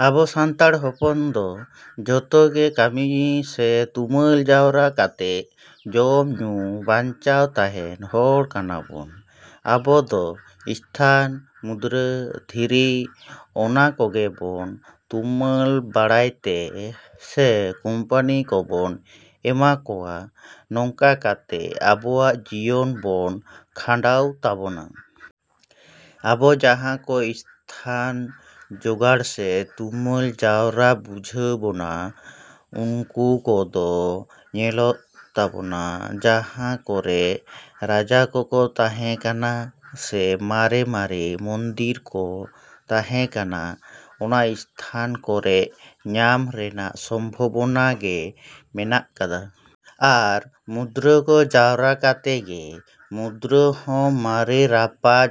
‎ᱟᱵᱚ ᱥᱟᱱᱛᱟᱲ ᱦᱚᱯᱚᱱ ᱫᱚ ᱡᱷᱚᱛᱚ ᱜᱮ ᱠᱟᱹᱢᱤ ᱥᱮ ᱛᱩᱢᱟᱹᱞ ᱡᱟᱣᱨᱟ ᱠᱟᱛᱮᱜ ᱡᱚᱢ ᱧᱩ ᱵᱟᱧᱪᱟᱣ ᱛᱟᱦᱮᱱ ᱦᱚᱲ ᱠᱟᱱᱟ ᱵᱚᱱ᱾ ᱟᱵᱚ ᱫᱚ ᱮᱥᱛᱷᱟᱱ, ᱢᱩᱫᱽᱨᱟ, ᱫᱷᱤᱨᱤ ᱚᱱᱟ ᱠᱚᱜᱮ ᱵᱚᱱ ᱛᱩᱢᱟᱹᱞ ᱵᱟᱲᱟᱭ ᱛᱮ ᱥᱮ ᱠᱚᱢᱯᱟᱱᱤ ᱠᱚᱵᱚᱱ ᱮᱢᱟ ᱠᱚᱣᱟ ᱱᱚᱝᱠᱟ ᱠᱚᱛᱮ ᱟᱵᱚᱣᱟᱜ ᱡᱤᱭᱚᱱ ᱵᱚᱱ ᱠᱷᱟᱱᱰᱟᱣ ᱛᱟᱵᱚᱱᱟ᱾ ᱟᱵᱚ ᱡᱟᱦᱟᱸ ᱠᱚ ᱮᱥᱛᱷᱟᱱ ᱡᱚᱜᱟᱲ ᱥᱮ ᱛᱩᱢᱟᱹᱞ ᱡᱟᱣᱨᱟ ᱵᱩᱡᱷᱟᱹᱜ ᱵᱚᱱᱟ ᱩᱱᱠᱩ ᱠᱚᱫᱚ ᱧᱮᱞᱚᱜ ᱛᱟᱵᱚᱱᱟ ᱡᱟᱦᱟᱸ ᱠᱚᱨᱮᱜ ᱨᱟᱡᱟ ᱠᱚᱠᱚ ᱛᱟᱦᱮᱸ ᱠᱟᱱᱟ ᱥᱮ ᱢᱟᱨᱮᱼᱢᱟᱨᱮ ᱢᱚᱱᱫᱤᱨ ᱠᱚ ᱛᱟᱦᱮᱸ ᱠᱟᱱᱟ ᱚᱱᱟ ᱮᱥᱛᱷᱟᱱ ᱠᱚᱨᱮᱜ ᱧᱟᱢ ᱨᱮᱱᱟᱜ ᱥᱚᱢᱵᱷᱚᱵᱚᱱᱟ ᱜᱮ ᱢᱮᱱᱟᱜ ᱠᱟᱫᱟ᱾ ᱟᱨ ᱢᱩᱫᱽᱨᱟ ᱠᱚ ᱡᱟᱣᱨᱟ ᱠᱚᱛᱮ ᱜᱮ ᱢᱩᱫᱽᱨᱟ ᱦᱚᱸ ᱢᱟᱨᱮ ᱨᱟᱯᱟᱡᱽ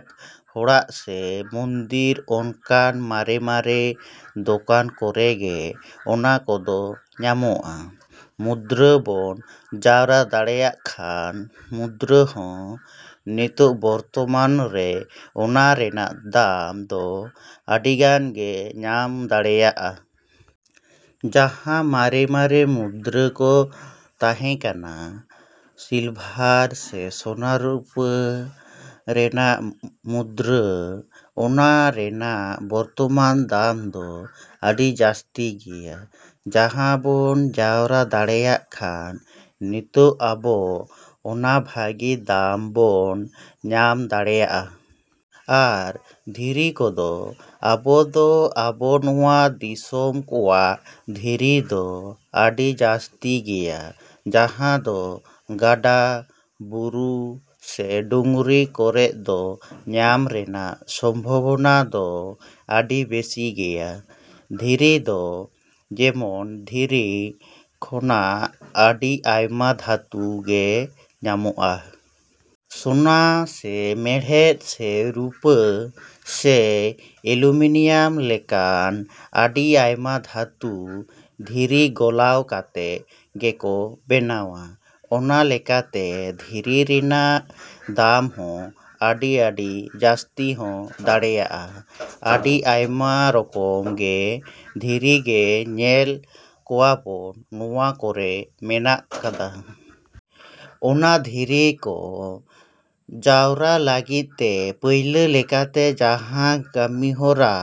ᱦᱚᱲᱟᱜ ᱥᱮ ᱢᱚᱱᱫᱤᱨ ᱚᱱᱠᱟᱱ ᱢᱟᱨᱮᱼᱢᱟᱨᱮ ᱫᱚᱠᱟᱱ ᱠᱚᱨᱮ ᱜᱮ ᱚᱱᱟ ᱠᱚᱫᱚ ᱧᱟᱢᱚᱜᱼᱟ᱾ ᱢᱩᱫᱽᱨᱟ ᱵᱚᱱ ᱡᱟᱣᱨᱟ ᱫᱟᱲᱮᱭᱟᱜ ᱠᱷᱟᱱ ᱢᱩᱫᱽᱨᱟ ᱦᱚᱸ ᱱᱤᱛᱚᱜ ᱵᱚᱨᱛᱚᱢᱟᱱ ᱨᱮ ᱚᱱᱟ ᱨᱮᱱᱟᱜ ᱫᱟᱢ ᱫᱚ ᱟᱹᱰᱤᱜᱟᱱ ᱜᱮ ᱧᱟᱢ ᱫᱟᱲᱮᱭᱟᱜᱼᱟ᱾ ᱡᱟᱦᱟᱸ ᱢᱟᱨᱮᱼᱢᱟᱨᱮ ᱢᱩᱫᱽᱨᱟ ᱠᱚ ᱛᱟᱦᱮᱸ ᱠᱟᱱᱟ ᱥᱤᱞᱵᱷᱟᱨ ᱥᱮ ᱥᱳᱱᱟ ᱥᱮ ᱨᱩᱯᱟᱹ ᱨᱮᱱᱟᱜ ᱢᱩᱫᱽᱨᱟ ᱚᱱᱟ ᱨᱮᱱᱟᱜ ᱵᱚᱨᱛᱚᱢᱟᱱ ᱫᱟᱢ ᱫᱚ ᱟᱹᱰᱤ ᱡᱟᱹᱥᱛᱤ ᱜᱮᱭᱟ ᱡᱟᱦᱟᱸ ᱵᱚᱱ ᱡᱟᱣᱨᱟ ᱫᱟᱲᱮᱭᱟᱜ ᱠᱷᱟᱱ ᱱᱤᱛᱚᱜ ᱟᱵᱚ ᱚᱱᱟ ᱵᱷᱟᱹᱜᱤ ᱫᱟᱢ ᱵᱚᱱ ᱧᱟᱢ ᱫᱟᱲᱮᱭᱟᱜᱼᱟ᱾ ᱟᱨ ᱫᱷᱤᱨᱤ ᱠᱚᱫᱚ ᱟᱵᱚ ᱫᱚ ᱟᱵᱚ ᱱᱚᱣᱟ ᱫᱤᱥᱚᱢ ᱠᱚᱣᱟᱜ ᱫᱷᱤᱨᱤ ᱫᱚ ᱟᱹᱰᱤ ᱡᱟᱹᱥᱛᱤ ᱜᱮᱭᱟ ᱡᱟᱦᱟᱸ ᱫᱚ ᱜᱟᱰᱟ ᱵᱩᱨᱩ ᱥᱮ ᱰᱩᱝᱨᱤ ᱠᱚᱨᱮᱜ ᱫᱚ ᱧᱟᱢ ᱨᱮᱱᱟᱜ ᱥᱚᱢᱵᱷᱚᱵᱚᱱᱟ ᱫᱚ ᱟᱹᱰᱤ ᱵᱮᱥᱤ ᱜᱮᱭᱟ᱾ ᱫᱷᱤᱨᱤ ᱫᱚ ᱡᱮᱢᱚᱱ ᱫᱷᱤᱨᱤ ᱠᱷᱚᱱᱟᱜ ᱟᱹᱰᱤ ᱟᱭᱢᱟ ᱫᱷᱟᱹᱛᱩ ᱜᱮ ᱧᱟᱢᱚᱜᱼᱟ᱾ ᱥᱳᱱᱟ ᱥᱮ ᱢᱮᱲᱦᱮᱫ ᱥᱮ ᱨᱩᱯᱟᱹ ᱥᱮ ᱮᱞᱩᱢᱤᱱᱤᱭᱟᱢ ᱞᱮᱠᱟᱱ ᱟᱹᱰᱤ ᱟᱭᱢᱟ ᱫᱷᱟᱹᱛᱩ ᱫᱷᱤᱨᱤ ᱜᱚᱞᱟᱣ ᱠᱟᱛᱮᱜ ᱜᱮᱠᱚ ᱵᱮᱱᱟᱣᱟ᱾ ᱚᱱᱟ ᱞᱮᱠᱟᱛᱮ ᱫᱷᱤᱨᱤ ᱨᱮᱱᱟᱜ ᱫᱟᱢ ᱦᱚᱸ ᱫᱚ ᱟᱹᱰᱤ ᱡᱟᱹᱥᱛᱤ ᱦᱚᱸ ᱫᱟᱲᱮᱭᱟᱜᱼᱟ᱾ ᱟᱹᱰᱤ ᱟᱭᱢᱟ ᱨᱚᱠᱚᱢ ᱜᱮ ᱫᱷᱤᱨᱤ ᱜᱮ ᱧᱮᱞ ᱠᱚᱣᱟᱵᱚᱱ ᱱᱚᱣᱟ ᱠᱚᱨᱮ ᱢᱮᱱᱟᱜ ᱠᱟᱫᱟ᱾ ᱚᱱᱟ ᱫᱷᱤᱨᱤ ᱠᱚ ᱡᱟᱣᱨᱟ ᱞᱟᱹᱜᱤᱫ ᱛᱮ ᱯᱟᱹᱭᱞᱟᱹ ᱞᱮᱠᱟᱛᱮ ᱡᱟᱦᱟᱸ ᱠᱟᱹᱢᱤᱦᱚᱨᱟ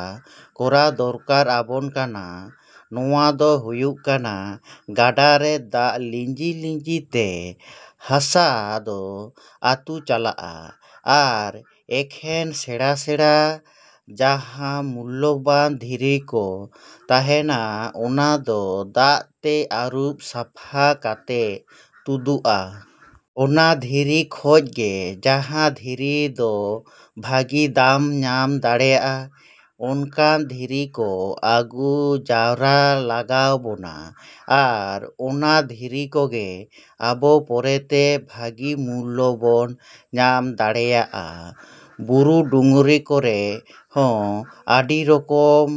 ᱠᱚᱨᱟᱣ ᱫᱚᱨᱠᱟᱨ ᱟᱵᱚᱱ ᱠᱟᱱᱟ ᱱᱚᱣᱟ ᱫᱚ ᱦᱩᱭᱩᱜ ᱠᱟᱱᱟ ᱜᱟᱰᱟ ᱨᱮ ᱫᱟᱜ ᱞᱤᱸᱡᱤᱼᱞᱤᱸᱡᱤᱛᱮ ᱦᱟᱥᱟ ᱫᱚ ᱟᱹᱛᱩ ᱪᱟᱞᱟᱜᱼᱟ ᱟᱨ ᱮᱠᱷᱮᱱ ᱥᱮᱬᱟᱼᱥᱮᱬᱟ ᱡᱟᱦᱟᱸ ᱢᱩᱞᱞᱚᱵᱟᱱ ᱫᱷᱤᱨᱤ ᱠᱚ ᱛᱟᱦᱮᱱᱟ ᱚᱱᱟ ᱫᱚ ᱫᱟᱜ ᱛᱮ ᱟᱹᱨᱩᱵ ᱥᱟᱯᱷᱟ ᱠᱟᱛᱮᱜ ᱛᱩᱫᱩᱜᱼᱟ᱾ ᱚᱱᱟ ᱫᱷᱤᱨᱤ ᱠᱷᱚᱡ ᱜᱮ ᱡᱟᱦᱟᱸ ᱫᱷᱤᱨᱤ ᱫᱚ ᱵᱷᱟᱹᱜᱤ ᱫᱟᱢ ᱧᱟᱢ ᱫᱟᱲᱮᱜᱼᱟ ᱚᱱᱠᱟᱱ ᱫᱷᱤᱨᱤ ᱠᱚ ᱟᱹᱜᱩ ᱡᱟᱣᱨᱟ ᱞᱟᱜᱟᱣ ᱵᱚᱱᱟ ᱟᱨ ᱚᱱᱟ ᱫᱷᱤᱨᱤ ᱠᱚᱜᱮ ᱟᱵᱚ ᱯᱚᱨᱮᱛᱮ ᱵᱷᱟᱹᱜᱤ ᱢᱩᱞᱞᱚ ᱵᱚᱱ ᱧᱟᱢ ᱫᱟᱲᱮᱭᱟᱜᱼᱟ᱾ ᱵᱩᱨᱩ ᱰᱩᱝᱨᱤ ᱠᱚᱨᱮᱜ ᱦᱚᱸ ᱟᱹᱰᱤ ᱨᱚᱠᱚᱢ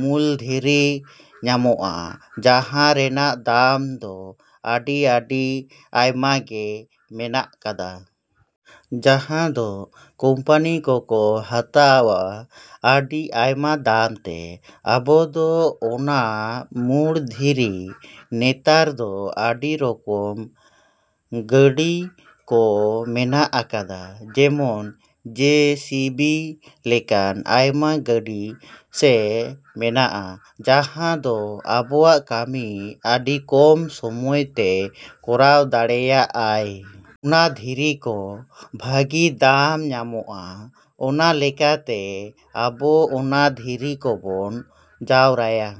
ᱢᱩᱞ ᱫᱷᱤᱨᱤ ᱧᱟᱢᱚᱜᱼᱟ ᱡᱟᱦᱟᱸ ᱨᱮᱱᱟᱜ ᱫᱟᱢ ᱫᱚ ᱟᱹᱰᱤᱼᱟᱹᱰᱤ ᱟᱭᱢᱟ ᱜᱮ ᱢᱮᱱᱟᱜ ᱠᱟᱫᱟ᱾ ᱡᱟᱦᱟᱸ ᱫᱚ ᱠᱚᱢᱯᱟᱱᱤ ᱠᱚᱠᱚ ᱦᱟᱛᱟᱣᱟ ᱟᱹᱰᱤ ᱟᱭᱢᱟ ᱫᱟᱢ ᱛᱮ᱾ ᱟᱵᱚ ᱫᱚ ᱚᱱᱟ ᱢᱩᱲ ᱫᱷᱤᱨᱤ ᱱᱮᱛᱟᱨ ᱫᱚ ᱟᱹᱰᱤ ᱨᱚᱠᱚᱢ ᱜᱟᱹᱲᱤ ᱠᱚ ᱢᱮᱱᱟᱜ ᱟᱠᱟᱫᱟ ᱡᱮᱢᱚᱱ ᱡᱮ ᱥᱤ ᱵᱤ ᱞᱮᱠᱟᱱ ᱟᱭᱢᱟ ᱜᱟᱹᱲᱤ ᱜᱮ ᱢᱮᱱᱟᱜᱼᱟ ᱡᱟᱦᱟᱸ ᱫᱚ ᱟᱵᱚᱣᱟᱜ ᱠᱟᱹᱢᱤ ᱟᱹᱰᱤ ᱠᱚᱢ ᱥᱚᱢᱚᱭ ᱛᱮ ᱠᱚᱨᱟᱣ ᱫᱟᱲᱮᱭᱟᱜᱼᱟᱭ᱾ ᱚᱱᱟ ᱫᱷᱤᱨᱤ ᱠᱚ ᱵᱷᱟᱹᱜᱤ ᱫᱟᱢ ᱧᱟᱢᱚᱜᱼᱟ᱾ ᱚᱱᱟ ᱞᱮᱠᱟ ᱛᱮ ᱟᱵᱚ ᱚᱱᱟ ᱫᱷᱤᱨᱤ ᱠᱚᱵᱚᱱ ᱡᱟᱣᱨᱟᱭᱟ।